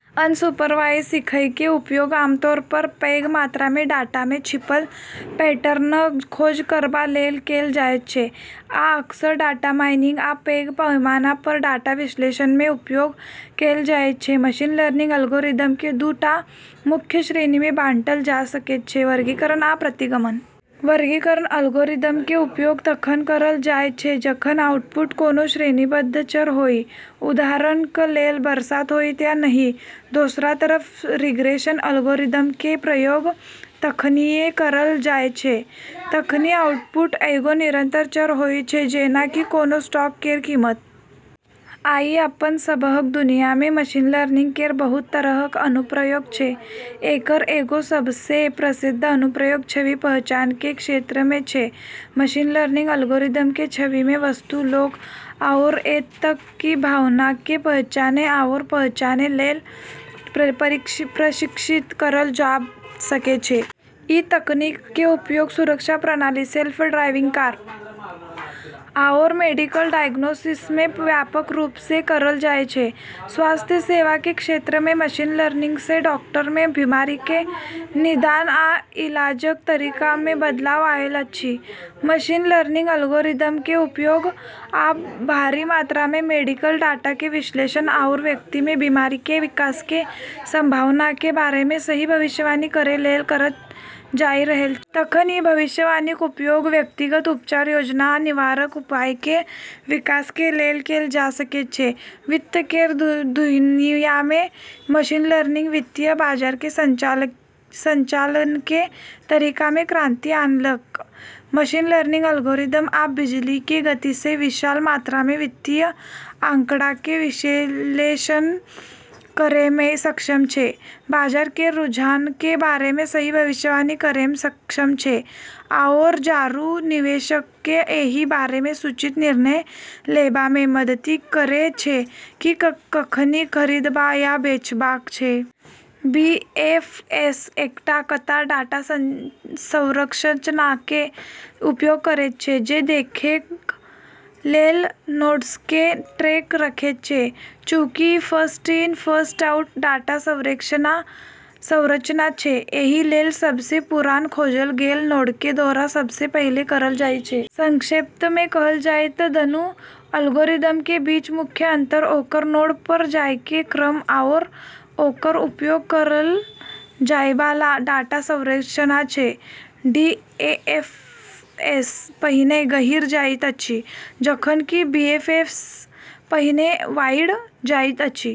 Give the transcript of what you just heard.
Unsupervised सीखयके उपयोग आमतौर पर पैघ मात्रामे डाटामे छिपल पैटर्नक खोज करबा लेल कैल जायत छै, आ अक्सर डाटा माइनिंग आ पैघ पैमाना पर डाटा विश्लेषणमे उपयोग कैल जायत छै । मशीन लर्निंग एल्गोरिदमके दू टा मुख्य श्रेणीमे बांटल जा सकैत छै वर्गीकरण आ प्रतिगमन । वर्गीकरण एल्गोरिदमके उपयोग तखन करल जाय छै जखन आउटपुट कोनों श्रेणीबद्ध चर होइ, उदाहरणक लेल, बरसात होइत या नहि? दोसरा तरफ रिग्रेशन एल्गोरिदमके प्रयोग तखनिये करल जाय छै जखनि आउटपुट एगो निरंतर चर होइ छै, जेना कि कोनो स्टॉक केर कीमत। आइ अपन सबहक दुनियामे मशीन लर्निंग केर बहुत तरहक अनुप्रयोग छै। एकर एगो सबसँ प्रसिद्ध अनुप्रयोग छवि पहचानके क्षेत्रमे छै। मशीन लर्निंग एल्गोरिदमके छविमे वस्तु, लोक आओर एत' तक कि भावनाके पहचानै आओर पहचानै लेल प्रशिक्षित करल जाब सकै छै। ई तकनीकके उपयोग सुरक्षा प्रणाली, सेल्फ ड्राइविंग कार, आओर मेडिकल डायग्नोसिसमे व्यापक रूपसँ करल जाइ छै। स्वास्थ्य सेवाके क्षेत्रमे मशीन लर्निंगसँ डॉक्टरके बीमारीके निदान आ इलाजक तरीकामे बदलाव आयल अछि । मशीन लर्निंग एल्गोरिदमके उपयोग आब भारी मात्रामे मेडिकल डाटाके विश्लेषण आओर व्यक्तिमे बीमारीके विकासके संभावनाके बारेमे सही भविष्यवाणी करै लेल करल जाइ रहल छै। तखन ई भविष्यवाणीक उपयोग व्यक्तिगत उपचार योजना आ निवारक उपायके विकासके लेल कैल जा सकैत छै । वित्त केर दुनियामे मशीन लर्निंग वित्तीय बाजारके संचालनके तरीकामे क्रांति आनलक । मशीन लर्निंग एल्गोरिदम आब बिजलीके गतिसँ विशाल मात्रामे वित्तीय आंकड़ाके विश्लेषण करैमे सक्षम छै, बाजार केर रुझानके बारेमे सही भविष्यवाणी करैमे सक्षम छै आओर आरू निवेशकके एहि बारेमे सूचित निर्णय लेबामे मदति करै छै कि कखनि खरिदबा या बेछबाक छै। बीएफएस एकटा कतार डाटा संरचनाके उपयोग करैत छै, जे देखैके लेल नोड्सके ट्रैक रखैत छै । चूँकि ई फर्स्ट-इन, फर्स्ट-आउट डाटा संरचना छै, एहि लेल सबसँ पुरान खोजल गेल नोडके दौरा सबसँ पहिले करल जाइ छै। संक्षेपमे कहल जाइ त' दूनू एल्गोरिदमके बीच मुख्य अंतर ओकर नोड पर जाइके क्रम आओर ओकर उपयोग करल जाइबाला डाटा संरचना छै। डीएफएस पहिने गहींर जाइत अछि, जखन कि बीएफएस पहिने वाइड जाइत अछि ।